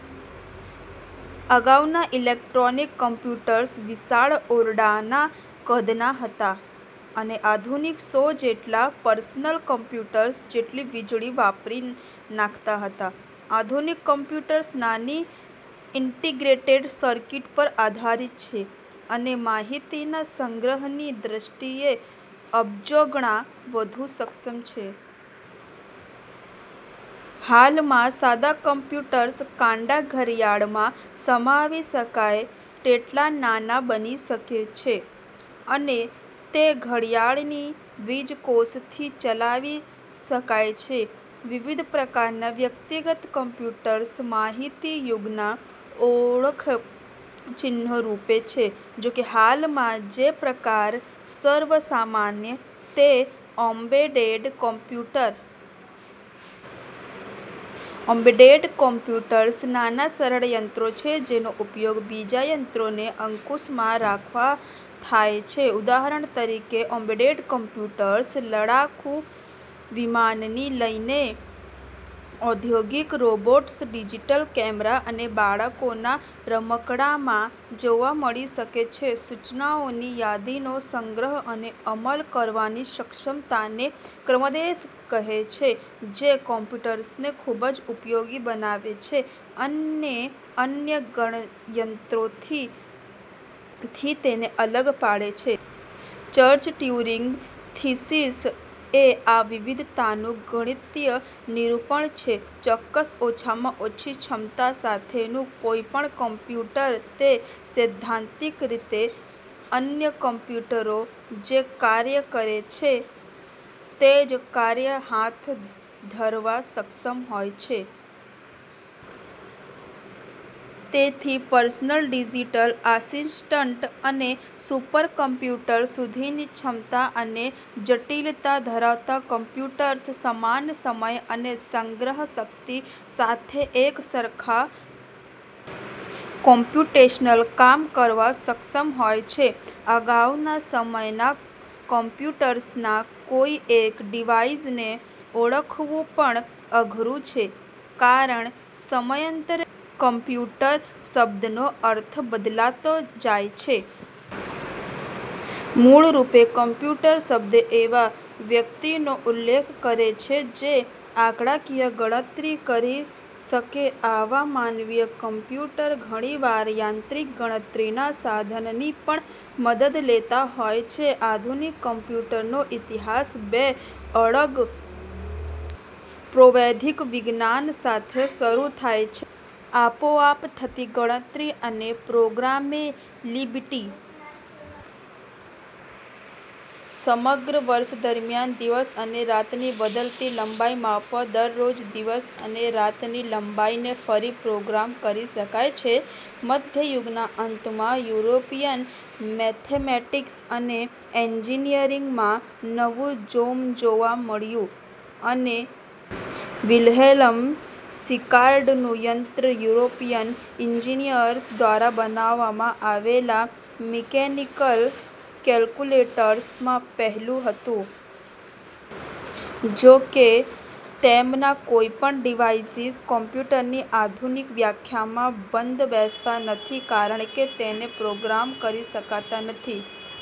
અગાઉના electronic computers વિશાળ ઓરડાના કદના હતાં, અને આધુનિક સો જેટલા પર્સનલ કમ્પ્યુટર્સ જેટલી વીજળી વાપરી નાખતા હતા. આધુનિક કમ્પ્યુટર્સ નાની ઇન્ટિગ્રેટેડ સર્કિટ પર આધારિત છે અને માહિતીના સંગ્રહની દ્રષ્ટિએ અબજોગણા વધુ સક્ષમ છે. હાલમાં, સાદા કમ્પ્યુટર્સ કાંડા ઘડિયાળમાં સમાવી શકાય તેટલા નાના બની શકે છે અને તે ઘડિયાળની વીજકોષ થી ચલાવી શકાય છે. વિવિધ પ્રકારના વ્યક્તિગત કમ્પ્યુટર્સ માહિતી યુગના ઓળખ ચિન્હોરૂપ છે, જોકે, હાલમાં જે પ્રકાર સર્વ સામાન્ય છે તે એમ્બેડેડ કમ્પ્યુટર. એમ્બેડેડ કમ્પ્યુટર્સ નાના સરળ યંત્રો છે જેનો ઉપયોગ બીજા યંત્રોને અંકુશમાં રાખવા થાય છે-ઉદાહરણ તરીકે, એમ્બેડેડ કમ્પ્યુટર્સ લડાકુ વિમાનથી લઇને ઔદ્યોગિક રોબોટ્સ, ડિજિટલ કેમેરા અને બાળકોના રમકડાંમાં જોવા મળી શકે છે. સૂચનાઓની યાદીનો સંગ્રહ અને અમલ કરવાની ક્ષમતાને ક્રમાદેશ કહે છે જે કમ્પ્યુટર્સને ખુબજ ઉપયોગી બનાવે છે અને અન્ય ગણનયંત્રોથી થી તેને અલગ પાડે છે. ચર્ચ-ટ્યુરિંગ થિસીસ એ આ વિવિધતાનું ગણીતીય નિરૂપણ છેઃ ચોક્કસ ઓછામાં ઓછી ક્ષમતા સાથેનું કોઇ પણ કમ્પ્યુટર તે સૈદ્ધાંતિક રીતે અન્ય કમ્પ્યુટરો જે કાર્ય કરે છે તે જ કાર્ય હાથ ધરવા સક્ષમ હોય છે. તેથી, પર્સનલ ડિજિટલ આસિસ્ટંટ અને સુપરકમ્પ્યુટર સુધીની ક્ષમતા અને જટિલતા ધરાવતા કમ્પ્યુટર્સ સમાન સમય અને સંગ્રહ શક્તિ સાથે એક સરખા કમ્પ્યુટેશનલ કામ કરવા સક્ષમ હોય છે. અગાઉના સમયનાં કમ્પ્યુટર્સનાં કોઇ એક ડિવાઇઝને ઓળખવુ પણ અઘરૂ છે કારણે સમયાંતરે "કમ્પ્યુટર" શબ્દનો અર્થ બદલાતો જાય છે. મૂળરૂપે, "કમ્પ્યુટર" શબ્દ એવા વ્યક્તિનો ઉલ્લેખ કરે છે જે આંકડાકીય ગણતરી કરી શકે આવા માનવીય કમ્પ્યુટર ઘણીવાર યાંત્રિક ગણતરીના સાધનની પણ મદદ લેતા હોય છે. આધુનિક કમ્પ્યુટરનો ઇતિહાસ બે અળગ પ્રાવૈધિક વિજ્ઞાન સાથે શરૂ થાય છે આપોઆપ થતી ગણતરી અને પ્રોગ્રામેબિલિટી. સમગ્ર વર્ષ દરમિયાન દિવસ અને રાતની બદલતી લંબાઇ માપવા દરરોજ દિવસ અને રાતની લંબાઇને ફરી પ્રોગ્રામ કરી શકાય છે. મધ્ય યુગના અંતમાં યુરોપિયન મેથેમેટિક્સ અને એન્જિનિયરીંગમાં નવું જોમ જોવા મળ્યું, અને વિલ્હેલ્મ શિકાર્ડનું યંત્ર યુરોપિયન એન્જિનીયર્સ દ્વારા બનાવવામાં આવેલા મિકેનિકલ કેલ્ક્યુલેટર્સમાં પહેલુ હતું. જોકે, તેમાનાં કોઇપણ ડિવાઇઝિસ કમ્પ્યુટરની આધુનિક વ્યાખ્યામાં બંધ બેસતા નથી કારણ કે તેને પ્રોગ્રામ કરી શકાતા નથી.